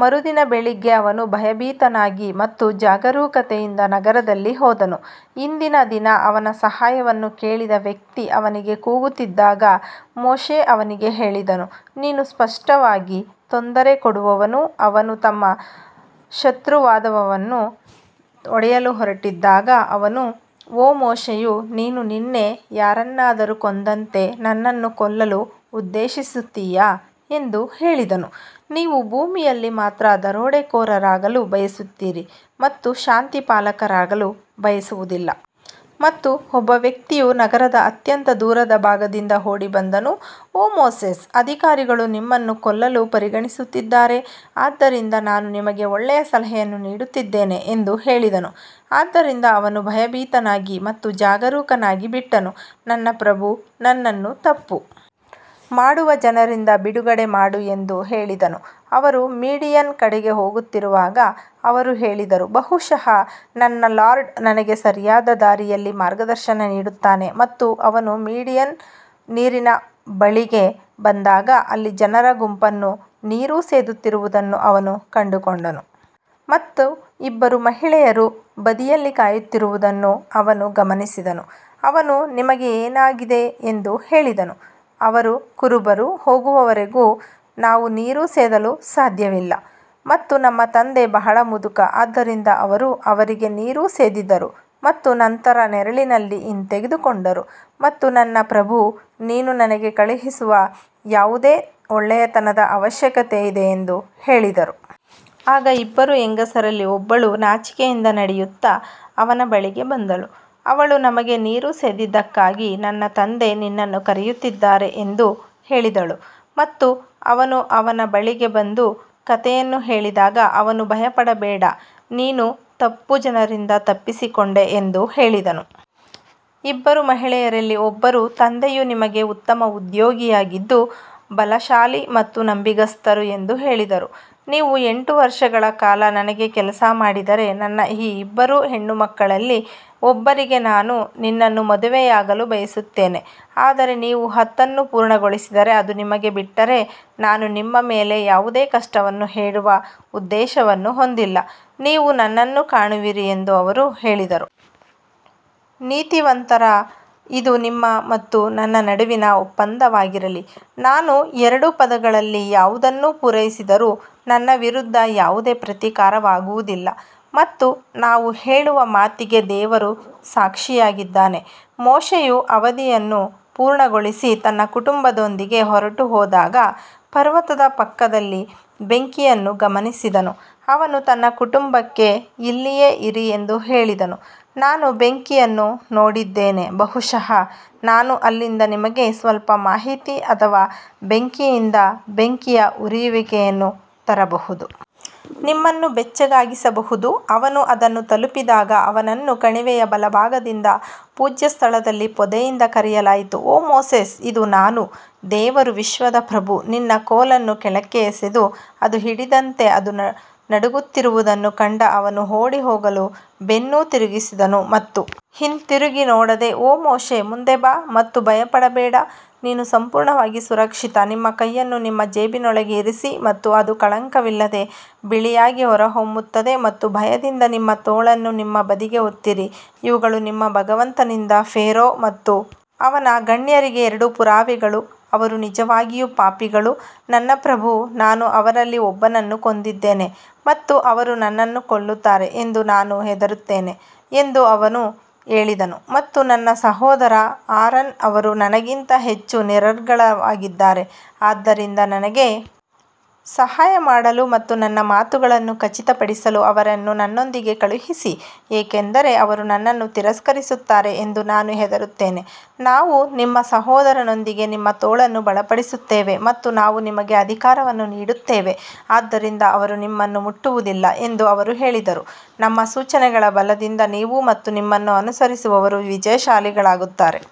ಮರುದಿನ ಬೆಳಿಗ್ಗೆ ಅವನು ಭಯಭೀತನಾಗಿ ಮತ್ತು ಜಾಗರೂಕತೆಯಿಂದ ನಗರದಲ್ಲಿ ಹೋದನು, ಹಿಂದಿನ ದಿನ ಅವನ ಸಹಾಯವನ್ನು ಕೇಳಿದ ವ್ಯಕ್ತಿ ಅವನಿಗೆ ಕೂಗುತ್ತಿದ್ದಾಗ ಮೋಶೆ ಅವನಿಗೆ ಹೇಳಿದನು, ನೀನು ಸ್ಪಷ್ಟವಾಗಿ ತೊಂದರೆ ಕೊಡುವವನು ಅವನು ತಮ್ಮ ಶತ್ರುವಾದವನನ್ನು ಹೊಡೆಯಲು ಹೊರಟಿದ್ದಾಗ ಅವನು ಓ ಮೋಶೆಯು ನೀನು ನಿನ್ನೆ ಯಾರನ್ನಾದರೂ ಕೊಂದಂತೆ ನನ್ನನ್ನು ಕೊಲ್ಲಲು ಉದ್ದೇಶಿಸುತ್ತೀಯಾ ಎಂದು ಹೇಳಿದನು, ನೀವು ಭೂಮಿಯಲ್ಲಿ ಮಾತ್ರ ದರೋಡೆಕೋರರಾಗಲು ಬಯಸುತ್ತೀರಿ ಮತ್ತು ಶಾಂತಿಪಾಲಕರಾಗಲು ಬಯಸುವುದಿಲ್ಲ. ಮತ್ತು ಒಬ್ಬ ವ್ಯಕ್ತಿಯು ನಗರದ ಅತ್ಯಂತ ದೂರದ ಭಾಗದಿಂದ ಓಡಿ ಬಂದನು, ಓ ಮೋಸೆಸ್ ಅಧಿಕಾರಿಗಳು ನಿಮ್ಮನ್ನು ಕೊಲ್ಲಲು ಪರಿಗಣಿಸುತ್ತಿದ್ದಾರೆ ಆದ್ದರಿಂದ ನಾನು ನಿಮಗೆ ಒಳ್ಳೆಯ ಸಲಹೆಯನ್ನು ನೀಡುತ್ತಿದ್ದೇನೆ ಎಂದು ಹೇಳಿದನು. ಆದ್ದರಿಂದ ಅವನು ಭಯಭೀತನಾಗಿ ಮತ್ತು ಜಾಗರೂಕನಾಗಿ ಬಿಟ್ಟನು, ನನ್ನ ಪ್ರಭು ನನ್ನನ್ನು ತಪ್ಪು ಮಾಡುವ ಜನರಿಂದ ಬಿಡುಗಡೆ ಮಾಡು ಎಂದು ಹೇಳಿದನು ಅವರು ಮೀಡಿಯನ್ ಕಡೆಗೆ ಹೋಗುತ್ತಿರುವಾಗ ಅವರು ಹೇಳಿದರು ಬಹುಶಃ ನನ್ನ ಲಾರ್ಡ್ ನನಗೆ ಸರಿಯಾದ ದಾರಿಯಲ್ಲಿ ಮಾರ್ಗದರ್ಶನ ನೀಡುತ್ತಾನೆ ಮತ್ತು ಅವನು ಮೀಡಿಯನ್ ನೀರಿನ ಬಳಿಗೆ ಬಂದಾಗ ಅಲ್ಲಿ ಜನರ ಗುಂಪನ್ನು ನೀರು ಸೇದುತ್ತಿರುವುದನ್ನು ಅವನು ಕಂಡುಕೊಂಡನು ಮತ್ತು ಇಬ್ಬರು ಮಹಿಳೆಯರು ಬದಿಯಲ್ಲಿ ಕಾಯುತ್ತಿರುವುದನ್ನು ಅವನು ಗಮನಿಸಿದನು ಅವನು ನಿಮಗೆ ಏನಾಗಿದೆ ಎಂದು ಹೇಳಿದನು ಅವರು ಕುರುಬರು ಹೋಗುವವರೆಗೂ ನಾವು ನೀರು ಸೇದಲು ಸಾಧ್ಯವಿಲ್ಲ ಮತ್ತು ನಮ್ಮ ತಂದೆ ಬಹಳ ಮುದುಕ ಆದ್ದರಿಂದ ಅವರು ಅವರಿಗೆ ನೀರು ಸೇದಿದರು ಮತ್ತು ನಂತರ ನೆರಳಿನಲ್ಲಿ ಹಿಂತೆಗೆದುಕೊಂಡರು ಮತ್ತು ನನ್ನ ಪ್ರಭೂ ನೀನು ನನಗೆ ಕಳುಹಿಸುವ ಯಾವುದೇ ಒಳ್ಳೆಯತನದ ಅವಶ್ಯಕತೆಯಿದೆ ಎಂದು ಹೇಳಿದರು. ಆಗ ಇಬ್ಬರು ಹೆಂಗಸರಲ್ಲಿ ಒಬ್ಬಳು ನಾಚಿಕೆಯಿಂದ ನಡೆಯುತ್ತಾ ಅವನ ಬಳಿಗೆ ಬಂದಳು ಅವಳು ನಮಗೆ ನೀರು ಸೇದಿದ್ದಕ್ಕಾಗಿ ನನ್ನ ತಂದೆ ನಿನ್ನನ್ನು ಕರೆಯುತ್ತಿದ್ದಾರೆ ಎಂದು ಹೇಳಿದಳು ಮತ್ತು ಅವನು ಅವನ ಬಳಿಗೆ ಬಂದು ಕಥೆಯನ್ನು ಹೇಳಿದಾಗ ಅವನು ಭಯಪಡಬೇಡ ನೀನು ತಪ್ಪು ಜನರಿಂದ ತಪ್ಪಿಸಿಕೊಂಡೆ ಎಂದು ಹೇಳಿದನು. ಇಬ್ಬರು ಮಹಿಳೆಯರಲ್ಲಿ ಒಬ್ಬರು, ತಂದೆಯು ನಿಮಗೆ ಉತ್ತಮ ಉದ್ಯೋಗಿಯಾಗಿದ್ದು, ಬಲಶಾಲಿ ಮತ್ತು ನಂಬಿಗಸ್ತರು ಎಂದು ಹೇಳಿದರು ನೀವು ಎಂಟು ವರ್ಷಗಳ ಕಾಲ ನನಗೆ ಕೆಲಸ ಮಾಡಿದರೆ ನನ್ನ ಈ ಇಬ್ಬರು ಹೆಣ್ಣುಮಕ್ಕಳಲ್ಲಿ ಒಬ್ಬರಿಗೆ ನಾನು ನಿನ್ನನ್ನು ಮದುವೆಯಾಗಲು ಬಯಸುತ್ತೇನೆ ಆದರೆ ನೀವು ಹತ್ತನ್ನು ಪೂರ್ಣಗೊಳಿಸಿದರೆ ಅದು ನಿಮಗೆ ಬಿಟ್ಟರೆ ನಾನು ನಿಮ್ಮ ಮೇಲೆ ಯಾವುದೇ ಕಷ್ಟವನ್ನು ಹೇರುವ ಉದ್ದೇಶವನ್ನು ಹೊಂದಿಲ್ಲ, ನೀವು ನನ್ನನ್ನು ಕಾಣುವಿರಿ ಎಂದು ಅವರು ಹೇಳಿದರು. ನೀತಿವಂತರ ಇದು ನಿಮ್ಮ ಮತ್ತು ನನ್ನ ನಡುವಿನ ಒಪ್ಪಂದವಾಗಿರಲಿ, ನಾನು ಎರಡು ಪದಗಳಲ್ಲಿ ಯಾವುದನ್ನು ಪೂರೈಸಿದರೂ ನನ್ನ ವಿರುದ್ಧ ಯಾವುದೇ ಪ್ರತೀಕಾರವಾಗುವುದಿಲ್ಲ ಮತ್ತು ನಾವು ಹೇಳುವ ಮಾತಿಗೆ ದೇವರು ಸಾಕ್ಷಿಯಾಗಿದ್ದಾನೆ ಮೋಶೆಯು ಅವಧಿಯನ್ನು ಪೂರ್ಣಗೊಳಿಸಿ ತನ್ನ ಕುಟುಂಬದೊಂದಿಗೆ ಹೊರಟುಹೋದಾಗ ಪರ್ವತದ ಪಕ್ಕದಲ್ಲಿ ಬೆಂಕಿಯನ್ನು ಗಮನಿಸಿದನು ಅವನು ತನ್ನ ಕುಟುಂಬಕ್ಕೆ ಇಲ್ಲಿಯೇ ಇರಿ ಎಂದು ಹೇಳಿದನು ನಾನು ಬೆಂಕಿಯನ್ನು ನೋಡಿದ್ದೇನೆ ಬಹುಶಃ ನಾನು ಅಲ್ಲಿಂದ ನಿಮಗೆ ಸ್ವಲ್ಪ ಮಾಹಿತಿ ಅಥವಾ ಬೆಂಕಿಯಿಂದ ಬೆಂಕಿಯ ಉರಿಯುವಿಕೆಯನ್ನು ತರಬಹುದು. ನಿಮ್ಮನ್ನು ಬೆಚ್ಚಗಾಗಿಸಬಹುದು ಅವನು ಅದನ್ನು ತಲುಪಿದಾಗ ಅವನನ್ನು ಕಣಿವೆಯ ಬಲಭಾಗದಿಂದ ಪೂಜ್ಯ ಸ್ಥಳದಲ್ಲಿ ಪೊದೆಯಿಂದ ಕರೆಯಲಾಯಿತು ಓ ಮೋಸೆಸ್ ಇದು ನಾನು ದೇವರು ವಿಶ್ವದ ಪ್ರಭು ನಿನ್ನ ಕೋಲನ್ನು ಕೆಳಕ್ಕೆ ಎಸೆದು, ಅದು ಹಿಡಿದಂತೆ ಅದು ನಡುಗುತ್ತಿರುವುದನ್ನು ಕಂಡ ಅವನು ಓಡಿಹೋಗಲು ಬೆನ್ನು ತಿರುಗಿಸಿದನು ಮತ್ತು ಹಿಂತಿರುಗಿ ನೋಡದೆ ಓ ಮೋಶೆ ಮುಂದೆ ಬಾ ಮತ್ತು ಭಯಪಡಬೇಡ ನೀನು ಸಂಪೂರ್ಣವಾಗಿ ಸುರಕ್ಷಿತ ನಿಮ್ಮ ಕೈಯನ್ನು ನಿಮ್ಮ ಜೇಬಿನೊಳಗೆ ಇರಿಸಿ ಮತ್ತು ಅದು ಕಳಂಕವಿಲ್ಲದೆ ಬಿಳಿಯಾಗಿ ಹೊರಹೊಮ್ಮುತ್ತದೆ ಮತ್ತು ಭಯದಿಂದ ನಿಮ್ಮ ತೋಳನ್ನು ನಿಮ್ಮ ಬದಿಗೆ ಒತ್ತಿರಿ ಇವುಗಳು ನಿಮ್ಮ ಭಗವಂತನಿಂದ ಫೇರೋ ಮತ್ತು ಅವನ ಗಣ್ಯರಿಗೆ ಎರಡು ಪುರಾವೆಗಳು ಅವರು ನಿಜವಾಗಿಯೂ ಪಾಪಿಗಳು ನನ್ನ ಪ್ರಭು ನಾನು ಅವರಲ್ಲಿ ಒಬ್ಬನನ್ನು ಕೊಂದಿದ್ದೇನೆ ಮತ್ತು ಅವರು ನನ್ನನ್ನು ಕೊಲ್ಲುತ್ತಾರೆ ಎಂದು ನಾನು ಹೆದರುತ್ತೇನೆ ಎಂದು ಅವನು ಹೇಳಿದನು ಮತ್ತು ನನ್ನ ಸಹೋದರ ಆರನ್ ಅವರು ನನಗಿಂತ ಹೆಚ್ಚು ನಿರರ್ಗಳವಾಗಿದ್ದಾರೆ ಆದ್ದರಿಂದ ನನಗೆ ಸಹಾಯ ಮಾಡಲು ಮತ್ತು ನನ್ನ ಮಾತುಗಳನ್ನು ಖಚಿತಪಡಿಸಲು ಅವರನ್ನು ನನ್ನೊಂದಿಗೆ ಕಳುಹಿಸಿ ಏಕೆಂದರೆ ಅವರು ನನ್ನನ್ನು ತಿರಸ್ಕರಿಸುತ್ತಾರೆ ಎಂದು ನಾನು ಹೆದರುತ್ತೇನೆ ನಾವು ನಿಮ್ಮ ಸಹೋದರನೊಂದಿಗೆ ನಿಮ್ಮ ತೋಳನ್ನು ಬಲಪಡಿಸುತ್ತೇವೆ ಮತ್ತು ನಾವು ನಿಮಗೆ ಅಧಿಕಾರವನ್ನು ನೀಡುತ್ತೇವೆ ಆದ್ದರಿಂದ ಅವರು ನಿಮ್ಮನ್ನು ಮುಟ್ಟುವುದಿಲ್ಲ ಎಂದು ಅವರು ಹೇಳಿದರು, ನಮ್ಮ ಸೂಚನೆಗಳ ಬಲದಿಂದ ನೀವು ಮತ್ತು ನಿಮ್ಮನ್ನು ಅನುಸರಿಸುವವರು ವಿಜಯಶಾಲಿಯಾಗುತ್ತಾರೆ.